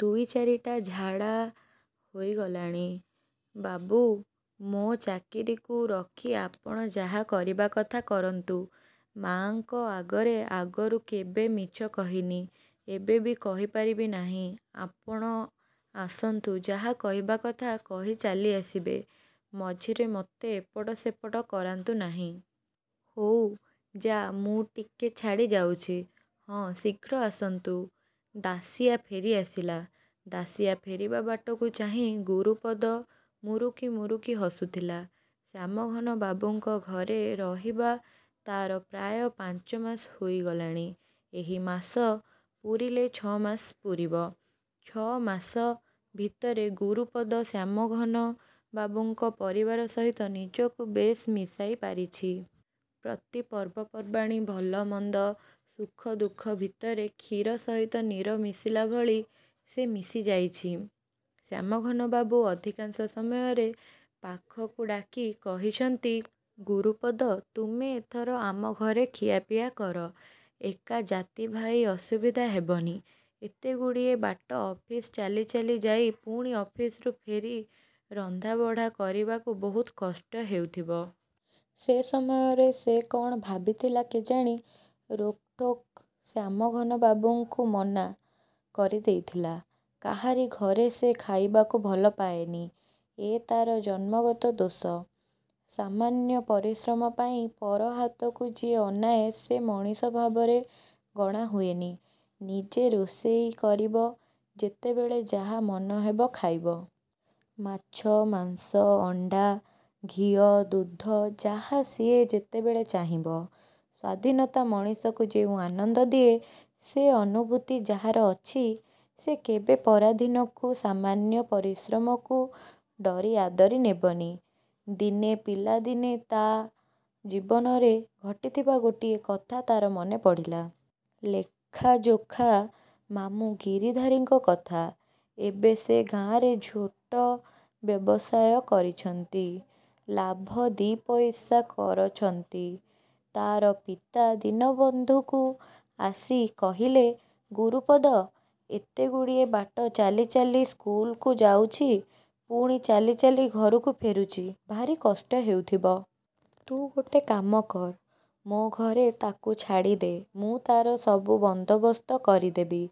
ଦୁଇ ଚାରିଟା ଝାଡ଼ା ହୋଇଗଲାଣି। ବାବୁ, ମୋ ଚାକିରିକୁ ରଖି ଆପଣ ଯାହା କରିବା କଥା କରନ୍ତୁ। ମା'ଙ୍କ ଆଗରେ ଆଗରୁ କେବେ ମିଛ କହିନି, ଏବେ ବି କହିପାରିବି ନାହିଁ। ଆପଣ ଆସନ୍ତୁ ଯାହା କହିବା କଥା କହି ଚାଲି ଆସିବେ। ମଝିରେ ମୋତେ ଏପଟ ସେପଟ କରାନ୍ତୁ ନାହିଁ। ହଉ ଯା' ମୁଁ ଟିକେ ଛାଡ଼ି ଯାଉଛି। ହଁ, ଶୀଘ୍ର ଆସନ୍ତୁ। ଦାଶିଆ ଫେରି ଆସିଲା। ଦାଶିଆ ଫେରିବା ବାଟକୁ ଚାହିଁ ଗୁରୁପଦ ମୁରୁକି ମୁରୁକି ହସୁଥିଲା। ଶ୍ୟାମଘନବାବୁଙ୍କ ଘରେ ରହିବା ତା'ର ପ୍ରାୟ ପାଞ୍ଚମାସ ହୋଇଗଲାଣି। ଏହି ମାସ ପୁରିଲେ ଛଅମାସ ପୂରିବ। ଛ' ମାସ ଭିତରେ ଗୁରୁପଦ ଶ୍ୟାମଘନବାବୁଙ୍କ ପରିବାର ସହିତ ନିଜକୁ ବେଶ୍ ମିଶାଇ ପାରିଛି। ପ୍ରତି ପର୍ବପର୍ବାଣୀ ଭଲ ମନ୍ଦ, ସୁଖ ଦୁଃଖ ଭିତରେ କ୍ଷୀର ସହିତ ନୀର ମିଶିଲା ଭଳି ସେ ମିଶି ଯାଇଛି। ଶ୍ୟାମଘନବାବୁ ଅଧିକାଂଶ ସମୟରେ ପାଖକୁ ଡାକି କହିଛନ୍ତି, ଗୁରୁପଦ ତୁମେ ଏଥର ଆମ ଘରେ ଖିଆପିଆ କର। ଏକା ଜାତିଭାଇ ଅସୁବିଧା ହେବନି। ଏତେଗୁଡ଼ିଏ ବାଟ ଅଫିସ ଚାଲି ଚାଲି ଯାଇ ପୁଣି ଅଫିସରୁ ଫେରି ରନ୍ଧାବଢ଼ା କରିବାକୁ ବହୁତ କଷ୍ଟ ହେଉଥିବ। ସେ ସମୟରେ ସେ କ'ଣ ଭାବିଥିଲା କେଜାଣି ରୋକଠୋକ ଶ୍ୟାମଘନବାବୁଙ୍କୁ ମନା କରିଦେଇଥିଲା। କାହାରି ଘରେ ସେ ଖାଇବାକୁ ଭଲ ପାଏନି, ଏ ତା'ର ଜନ୍ମଗତ ଦୋଷ। ସାମାନ୍ୟ ପରିଶ୍ରମ ପାଇଁ ପର ହାତକୁ ଯିଏ ଅନାଏ ସେ ମଣିଷ ଭାବରେ ଗଣା ହୁଏନି। ନିଜେ ରୋଷେଇ କରିବ, ଯେତେବେଳେ ଯାହା ମନ ହେବ ଖାଇବ। ମାଛ, ମାଂସ, ଅଣ୍ଡା, ଘିଅ, ଦୁଧ, ଯାହା ସିଏ ଯେତେବେଳେ ଚାହିଁବ। ସ୍ୱାଧୀନତା ମଣିଷକୁ ଯେଉଁ ଆନନ୍ଦ ଦିଏ ସେ ଅନୁଭୂତି ଯାହାର ଅଛି, ସେ କେବେ ପରାଧୀନକୁ ସାମାନ୍ୟ ପରିଶ୍ରମକୁ ଡରି ଆଦରି ନେବନି। ଦିନେ ପିଲାଦିନେ ତା' ଜୀବନରେ ଘଟିଥିବା ଗୋଟିଏ କଥା ତା'ର ମନେ ପଡ଼ିଲା। ଲେଖାଯୋଖା ମାମୁଁ ଗିରିଧାରୀଙ୍କ କଥା। ଏବେ ସେ ଗାଁରେ ଝୋଟ ବ୍ୟବସାୟ କରିଛନ୍ତି। ଲାଭ ଦି' ପଇସା କରଛନ୍ତି। ତା'ର ପିତା ଦୀନବନ୍ଧୁକୁ ଆସି କହିଲେ, ଗୁରୁପଦ ଏତେଗୁଡ଼ିଏ ବାଟ ଚାଲି ଚାଲି ସ୍କୁଲକୁ ଯାଉଛି ପୁଣି ଚାଲି ଚାଲି ଘରକୁ ଫେରୁଛି ଭାରି କଷ୍ଟ ହେଉଥିବ। ତୁ ଗୋଟେ କାମ କର। ମୋ ଘରେ ତା'କୁ ଛାଡ଼ି ଦେ। ମୁଁ ତା'ର ସବୁ ବନ୍ଦୋବସ୍ତ କରିଦେବି।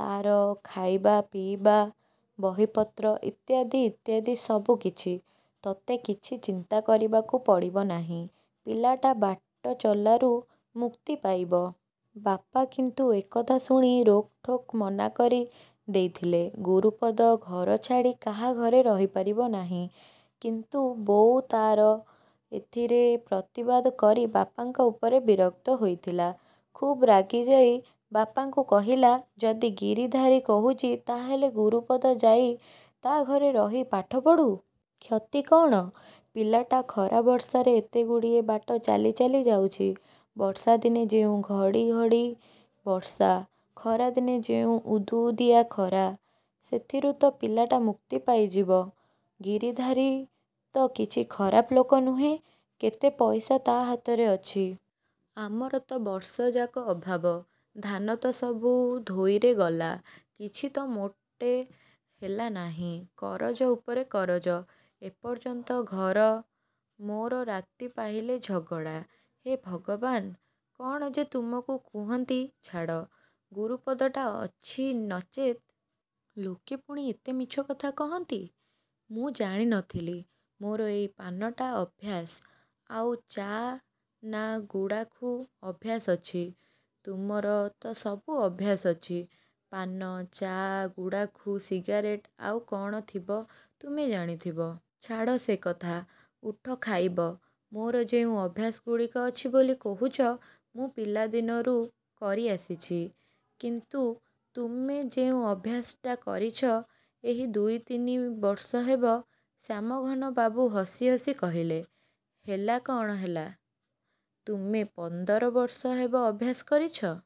ତା'ର ଖାଇବା ପିଇବା, ବହିପତ୍ର ଇତ୍ୟାଦି ଇତ୍ୟାଦି ସବୁ କିଛି। ତୋତେ କିଛି ଚିନ୍ତା କରିବାକୁ ପଡ଼ିବ ନାହିଁ। ପିଲାଟା ବାଟ ଚଲାରୁ ମୁକ୍ତି ପାଇବ। ବାପା କିନ୍ତୁ ଏକଥା ଶୁଣି ରୋକଠୋକ ମନା କରି ଦେଇଥିଲେ। ଗୁରୁପଦ ଘର ଛାଡ଼ି କାହା ଘରେ ରଡ଼ିପାରିବ ନାହିଁ। କିନ୍ତୁ ବୋଉ ତା'ର ଏଥିରେ ପ୍ରତିବାଦ କରି ବାପାଙ୍କ ଉପରେ ବିରକ୍ତ ହୋଇଥିଲା। ଖୁବ୍ ରାଗିଯାଇ ବାପାଙ୍କୁ କହିଲା ଯଦି ଗିରିଧାରୀ କହୁଛି ତା'ହେଲେ ଗୁରୁପଦ ଯାଇ ତା' ଘରେ ରହି ପାଠ ପଢ଼ୁ। କ୍ଷତି କ'ଣ? ପିଲାଟା ଖରା ବର୍ଷାରେ ଏତେଗୁଡ଼ିଏ ବାଟ ଚାଲି ଚାଲି ଯାଉଛି। ବର୍ଷାଦିନେ ଯେଉଁ ଘଡ଼ି ଘଡ଼ି ବର୍ଷା, ଖରାଦିନେ ଯେଉଁ ଉଦୁଉଦିଆ ଖରା; ସେଥିରୁ ତ ପିଲାଟା ମୁକ୍ତି ପାଇଯିବ। ଗିରିଧାରୀ ତ କିଛି ଖରାପ ଲୋକ ନୁହେଁ। କେତେ ପଇସା ତା' ହାତରେ ଅଛି। ଆମର ତ ବର୍ଷଯାକ ଅଭାବ। ଧାନ ତ ସବୁ ଧୋଇରେ ଗଲା। କିଛି ତ ମୋଟେ ହେଲା ନାହିଁ। କରଜ ଉପରେ କରଜ, ଏପର୍ଯ୍ୟନ୍ତ ଘର। ମୋର ରାତି ପାହିଲେ ଝଗଡ଼ା। ହେ ଭଗବାନ୍! କ'ଣ ଯେ ତୁମକୁ କୁହନ୍ତି ଛାଡ଼। ଗୁରୁପଦଟା ଅଛି ନଚେତ୍। ଲୋକେ ପୁଣି ଏତେ ମିଛକଥା କହନ୍ତି! ମୁଁ ଜାଣି ନ ଥିଲି। ମୋର ଏଇ ପାନଟା ଅଭ୍ୟାସ, ଆଉ ଚା' ନା ଗୁଡ଼ାଖୁ ଅଭ୍ୟାସ ଅଛି, ତୁମର ତ ସବୁ ଅଭ୍ୟାସ ଅଛି। ପାନ, ଚା, ଗୁଡ଼ାଖୁ, ସିଗାରେଟ୍, ଆଉ କ'ଣ ଥିବ ତୁମେ ଜାଣିଥିବ। ଛାଡ଼ ସେ କଥା, ଉଠ ଖାଇବ। ମୋର ଯେଉଁ ଅଭ୍ୟାସଗୁଡ଼ିକ ଅଛି ବୋଲି କହୁଛ ମୁଁ ପିଲାଦିନରୁ କରି ଆସିଛି। କିନ୍ତୁ ତୁମେ ଯେଉଁ ଅଭ୍ୟାସଟା କରିଛ ଏହି ଦୁଇ ତିନି ବର୍ଷ ହେବ। ଶ୍ୟାମଘନବାବୁ ହସି ହସି କହିଲେ, ହେଲା କ'ଣ ହେଲା। ତୁମେ ପନ୍ଦର ବର୍ଷ ହେବ ଅଭ୍ୟାସ କରିଛ।